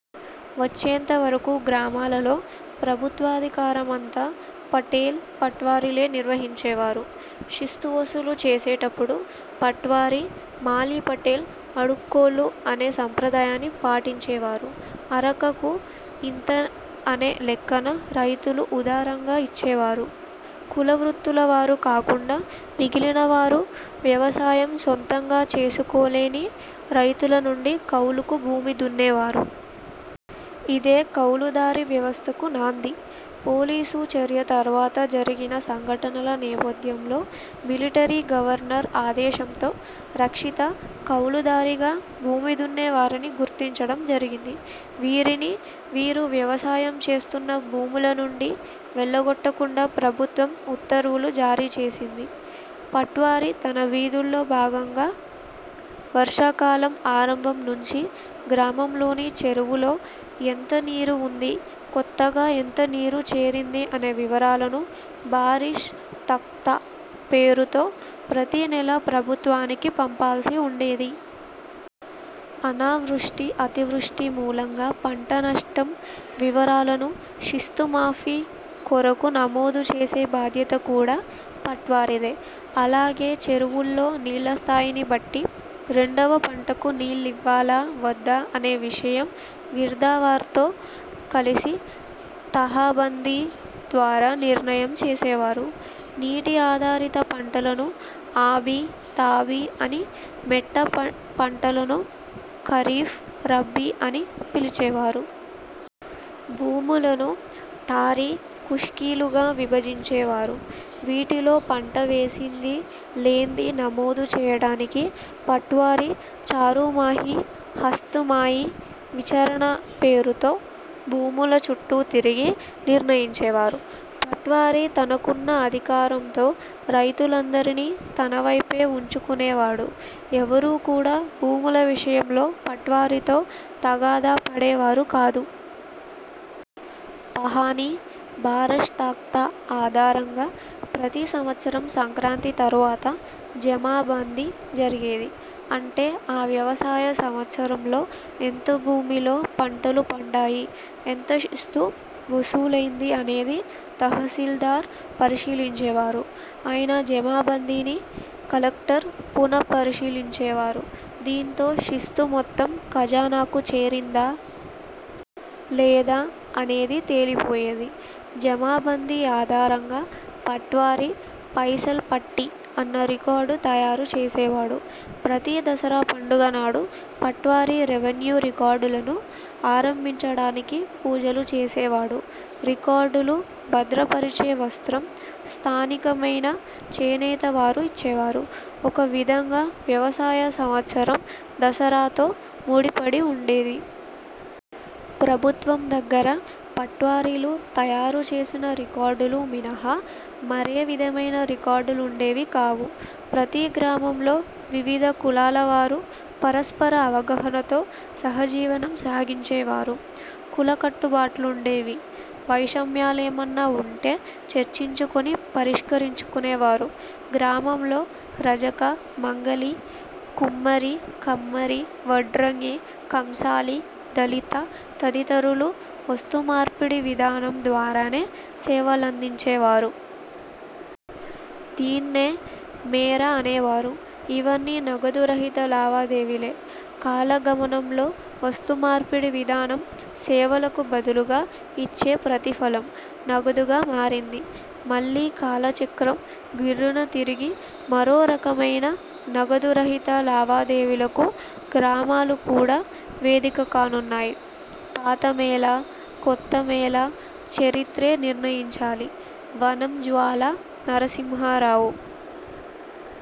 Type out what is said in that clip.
వచ్చేంత వరకూ గ్రామాలలో ప్రభుత్వాధికారమంతా పటేల్ పట్వారీలే నిర్వహించేవారు. శిస్తు వసూలు చేసేటప్పుడు పట్వారీ, మాలీ పటేల్ అడుక్కోళ్లు అనే సాంప్రదాయాన్ని పాటించేవారు. ''అరక''కు ఇంత అనే లెక్కన రైతులు ఉదారంగా ఇచ్చేవారు. కుల వృత్తులవారు కాకుండా మిగిలినవారు, వ్యవసాయం సొంతంగా చేసుకోలేని రైతుల నుండి కౌలుకు భూమి దున్నేవారు. ఇదే కౌలుదారీ వ్యవస్థకు నాంది. పోలీసు చర్య తరువాత జరిగిన సంఘటనల నేపథ్యంలో మిలిటరీ గవర్నర్ ఆదేశంతో రక్షిత కౌలుదారీలుగా భూమిదున్నేవారిని గుర్తించడం జరిగింది. వీరిని, వీరు వ్యవసా యం చేస్తున్న భూముల నుండి వెళ్లగొట్టకుండా ప్రభుత్వం ఉత్తర్వులు జారీ చేసింది. పట్వారీ తన విధుల్లో భాగంగా, వర్షాకాలం ఆరంభం నుంచి, గ్రామంలోని చెరువులో ఎంత నీరు వుంది, కొత్తగా ఎంత నీరు చేరింది అనే వివరాలను ''బారిష్ తఖ్తా'' పేరుతో ప్రతి నెలా ప్రభుత్వానికి పంపాల్సి వుండేది. అనావృష్టి, అతివృష్టి మూలంగా పంట నష్టం వివరాలను, శిస్తు మాఫీ కొరకు నమోదు చేసే బాధ్యత కూడా పట్వారీదే. అలాగే చెరువుల్లో నీళ్ల స్థాయిని బట్టి రెండవ పంటకు నీళ్లివ్వాలా? వద్దా? అనే విషయం గిర్దావర్తో కలిసి ''తహబంధీ'' ద్వారా నిర్ణయం చేసేవారు. నీటి ఆధారిత పంటలను ఆబి, తాబి అని, మెట్ట పంటలను ఖరీఫ్, రబ్బీ అని పిలిచేవారు. భూములను తరీ, ఖుష్కీలుగా విభజించేవారు. వీటిలో పంట వేసిందీ, లేందీ నమోదు చేయడానికి పట్వారీ ''చారుమహి'', ''హస్త్ మాయి'' విచారణ పేరుతో భూముల చుట్టూ తిరిగి నిర్ణయించేవారు. పట్వారీ తనకున్న అధికారంతో రైతులందరినీ తనవైపే వుంచుకునేవాడు. ఎవరు కూడా భూముల విషయంలో పట్వారీతో తగాదా పడేవారు కాదు. పహాణీ, బారష్ తఖ్తా ఆధారంగా ప్రతి సంవత్సరం సంక్రాంతి తరువాత ''జమా బందీ'' జరిగేది. అంటే, ఆ వ్యవసాయ సంవత్సరంలో ఎంత భూమిలో పంటలు పండాయి, ఎంత శిస్తు వసూలైందీ అనేది తహసీల్దార్ పరిశీలించేవారు. ఆయన జమా బందీని కలెక్టర్ పునఃపరిశీలించేవారు. దీంతో శిస్తు మొత్తం ఖజానాకు చేరిందా? లేదా? అనేది తేలిపోయేది. జమా బందీ ఆధారంగా పట్వారీ ''పైసల్ పట్టీ'' అన్న రికార్డు తయారు చేసేవాడు. ప్రతి దసరా పండుగ నాడు పట్వారీ రెవెన్యూ రికార్డులను ఆరంభించడానికి పూజలు చేసేవాడు. రికార్డులు భద్రపరిచే వస్త్రం స్థానికమైన చేనేత వారు ఇచ్చేవారు. ఒక విధంగా వ్యవసాయ సంవత్సరం దసరాతో ముడిపడి వుండేది. ప్రభుత్వం దగ్గర పట్వారీలు తయారు చేసిన రికార్డులు మినహా మరే విధమైన రికార్డులుండేవి కావు. ప్రతీ గ్రామంలో వివిధ కులాల వారు పరస్పర అవగాహనతో సహజీవనం సాగించేవారు. కుల కట్టుబాట్లుండేవి. వైషమ్యాలేమన్నా వుంటే చర్చించుకుని పరిష్కరించుకునేవారు. గ్రామంలోని రజక, మంగలి, కుమ్మరి, కమ్మరి, వడ్రంగి, కంసాలి, దళిత తదితరులు వస్తుమార్పిడి విధానం ద్వారానే సేవలందించేవారు. దీన్నే మేర అనేవారు. ఇవన్నీ నగదు రహిత లావాదేవీలే. కాల గమనంలో, వస్తు మార్పిడి విధానం సేవలకు బదులుగా ఇచ్చే ప్రతిఫలం, నగదుగా మారింది. మళ్లీ కాల చక్రం గిర్రున తిరిగి మరో రకమైన నగదు రహిత లావాదేవీలకు గ్రామాలు కూడా వేదిక కానున్నాయి. ''పాత'' మేలా? ''కొత్త'' మేలా? చరిత్రే నిర్ణయించాలి! -వనం జ్వాలా నరసింహారావు